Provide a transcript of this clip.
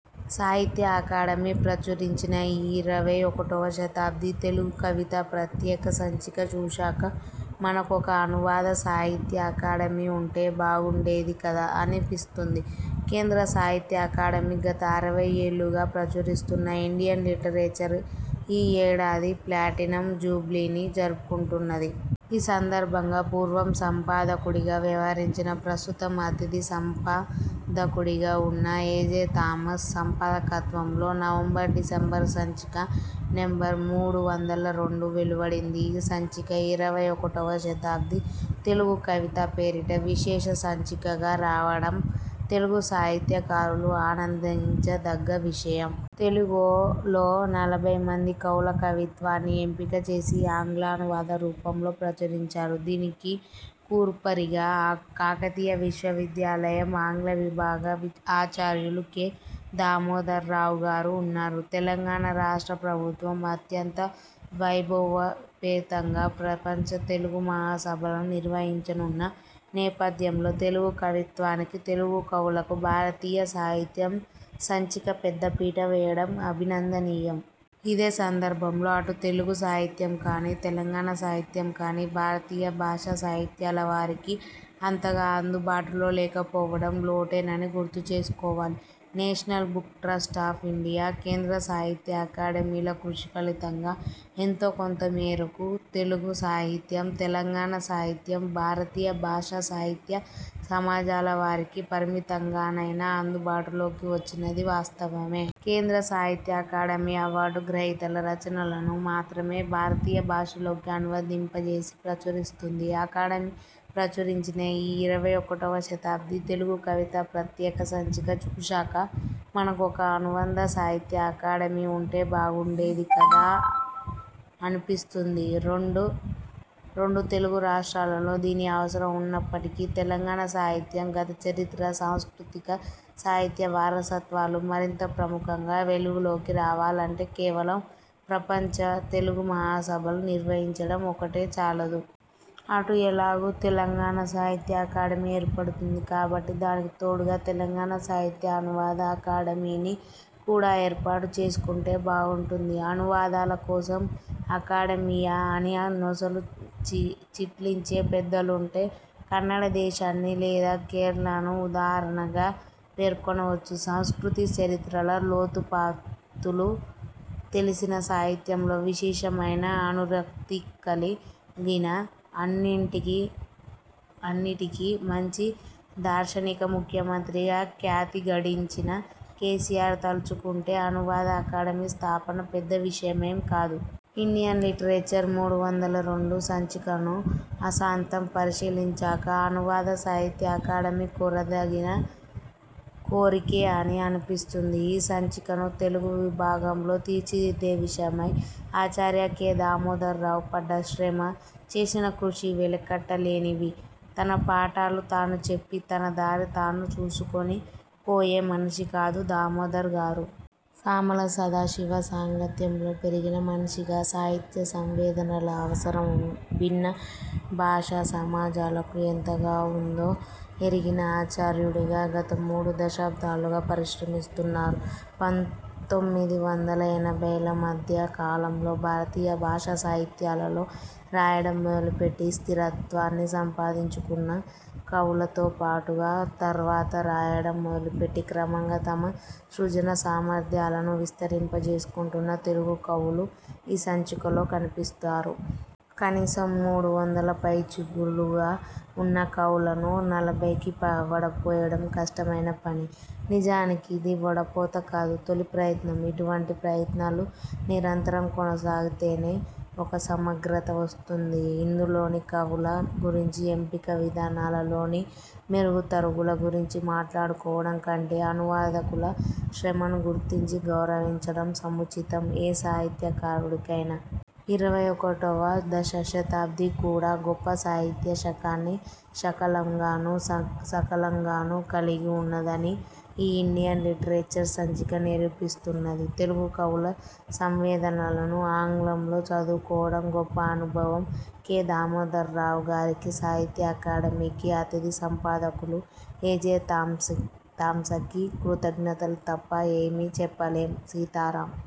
సాహిత్య అకాడమీ ప్రచురించిన ఈ ఇరవై ఒకటవ శతాబ్ది తెలుగు కవిత ప్రత్యేక సంచిక చూశాక మనకొక 'అనువాద సాహిత్య అకాడమీ' ఉంటే, బాగుండేది కదా! అనిపిస్తుంది. కేంద్ర సాహిత్య అకాడమీ గత అరవైఏళ్ళుగా ప్రచురిస్తున్న 'ఇండియన్ లిటరేచర్' ఈ ఏడాది ప్లాటినం జూబ్లీని జరుపుకుంటున్నది. ఈ సందర్భంగా పూర్వం సంపాదకుడిగా వ్యవహరించిన, ప్రస్తుతం అతిథి సంపా దకుడిగా ఉన్న ఎ. జె. థామస్ సంపాదకత్వంలో నవంబర్ డిసెంబర్ సంచిక నెం.మూడు వందల రెండు వెలువడింది. ఈ సంచిక 'ఇరవై ఒకటివ శతాబ్ది తెలుగు కవిత' పేరిట విశేష సంచికగా రావటం తెలుగు సాహిత్యకారులు ఆనందించదగ్గ విషయం. తెలుగులో నలభైమంది కవుల కవిత్వాన్ని ఎంపికచేసి ఆంగ్లానువాద రూపంలో ప్రచురించారు. దీనికి కూర్పరిగా కాకతీయ విశ్వవిద్యాలయం ఆంగ్ల విభాగ ఆచార్యులు కె. దామోదర్రావుగారు ఉన్నారు. తెలంగాణ రాష్ట్ర ప్రభుత్వం అత్యంత వైభవోపేతంగా ప్రపంచ తెలుగు మహాసభలను నిర్వహించనున్న నేపథ్యంలో తెలుగు కవిత్వానికి, తెలుగు కవులకు 'భారతీయ సాహిత్యం' సంచిక పెద్దపీట వేయడం అభినందనీయం. ఇదే సందర్భంలో అటు తెలుగు సాహిత్యం కానీ, తెలంగాణ సాహిత్యం కానీ భారతీయ భాషా సాహిత్యాల వారికి అంతగా అందుబాటులో లేకపోవటం లోటేనని గుర్తుచేసుకోవాలి. National Book Trust of India, కేంద్ర సాహిత్య అకాడమీల కృషి ఫలితంగా ఎంతోకొంత మేరకు తెలుగు సాహిత్యం, తెలంగాణ సాహిత్యం భారతీయ భాషా సాహిత్య సమాజాల వారికి పరిమితంగానైనా అందుబాటులోకి వచ్చినదీ వాస్తవమే. కేంద్ర సాహిత్య అకాడమీ అవార్డు గ్రహీతల రచనలను మాత్రమే భారతీయ భాషలలోకి అనువదింపచేసి ప్రచురిస్తుంది. అకాడమీ ప్రచురించిన ఈ ఇరవై ఒకటవ శతాబ్ది తెలుగు కవిత ప్రత్యేక సంచిక చూశాక మనకొక 'అనువంద సాహిత్య అకాడమీ' ఉంటే, బాగుండేది కదా! అనిపిస్తుంది. రెండు తెలుగు రాష్ట్రాలలో దీని అవసరం ఉన్నప్పటికీ తెలంగాణ సాహిత్యం, గతచరిత్ర, సంస్కృతిక సాహిత్య వారసత్వాలు మరింత ప్రముఖంగా వెలుగులోకి రావాలంటే కేవలం ప్రపంచ తెలుగు మహాసభలు నిర్వహించడం ఒక్కటే చాలదు. అటు ఎలాగూ తెలంగాణ సాహిత్య అకాడమీ ఏర్పడుతుంది కాబట్టి దానికి తోడుగా తెలంగాణ సాహిత్య అనువాద అకాడమీని కూడా ఏర్పాటు చేసుకుంటే బాగుంటుంది. అనువాదాల కోసం అకాడమీయా అని నొసలు చిట్లించే పెద్దలుంటే కన్నడ దేశాన్ని, లేదా కేరళను ఉదాహరణగా పేర్కొనవచ్చు. సంస్కృతి చరిత్రల లోతుపాతులు తెలిసిన, సాహిత్యంలో విశేషమైన అనురక్తికలి గిన, అన్నింటికీ అన్నిటికీ మంచి దార్శనిక ముఖ్యమంత్రిగా ఖ్యాతిగడించిన కేసీఆర్ తలచుకుంటే అనువాద అకాడమీ స్థాపన పెద్ద విషయమేం కాదు. ఇండియన్ లిటరేచర్ మూడు వందల రెండు సంచికను ఆసాంతం పరిశీలించాక అనువాద సాహిత్య అకాడమీ కోరదగిన కోరికే అని అనిపిస్తుంది. ఈ సంచికను తెలుగు విభాగంలో తీర్చిదిద్దే విషయమై ఆచార్య కె. దామోదరరావు పడ్డ శ్రమ, చేసిన కృషి వెలకట్టలేనివి. తన పాఠాలు తాను చెప్పి తన దారి తాను చూసికుని పోయే మనిషి కాదు దామోదర్ గారు. సామల సదాశివ సాంగత్యంలో పెరిగిన మనిషిగా సాహిత్య సంవేదనల అవసరం భిన్న భాషా సమాజాలకు ఎంతగావుందో ఎరిగిన ఆచార్యుడిగా గత మూడు దశాబ్దాలుగా పరిశ్రమిస్తున్నారు. పంతొమ్మిది వందల ఎనభైల మధ్య కాలంలో భారతీయ భాషా సాహిత్యాలలో రాయటం మొదలుపెట్టి స్థిరత్వాన్ని సంపాదించుకున్న కవులతో పాటుగా, తర్వాత రాయటం మొదలుపెట్టి క్రమంగా తమ సృజన సామర్థ్యాలను విస్తరింపజేసుకుంటున్న తెలుగు కవులు ఈ సంచికలో కనిపిస్తారు. కనీసం మూడు వందల పైచిలుగుగా ఉన్న కవులను నలభైకి వడపోయటం కష్టమైన పనీ. నిజానికి ఇది వడపోత కాదు. తొలి ప్రయత్నం. ఇటువంటి ప్రయత్నాలు నిరంతరం కొనసాగితేనే ఒక సమగ్రత వస్తుంది. ఇందులోని కవుల గురించి, ఎంపిక విధానాలలోని మెరుగు తరుగుల గురించి మాట్లాడుకోవటం కంటే అనువాదకుల శ్రమను గుర్తించి గౌరవించడం సముచితం ఏ సాహిత్య కారుడికైనా. ఇరవై ఒకటవ దశశతాబ్ది కూడా గొప్ప సాహిత్య శకాన్ని శకలంగాను, సకలంగాను కలిగి ఉన్నదని ఈ ఇండియన్ లిటరేచర్ సంచిక నిరూపిస్తున్నది. తెలుగు కవుల సంవేదనలను ఆంగ్లంలో చదువుకోవటం గొప్ప అనుభవం. కె. దామోదర్రావు గారికి, సాహిత్య అకాడమీకి, అతిథి సంపాదకులు ఎ. జె. థామ్సకి కృతజ్ఞతలు తప్ప ఏమీ చెప్పలేం. సీతారాం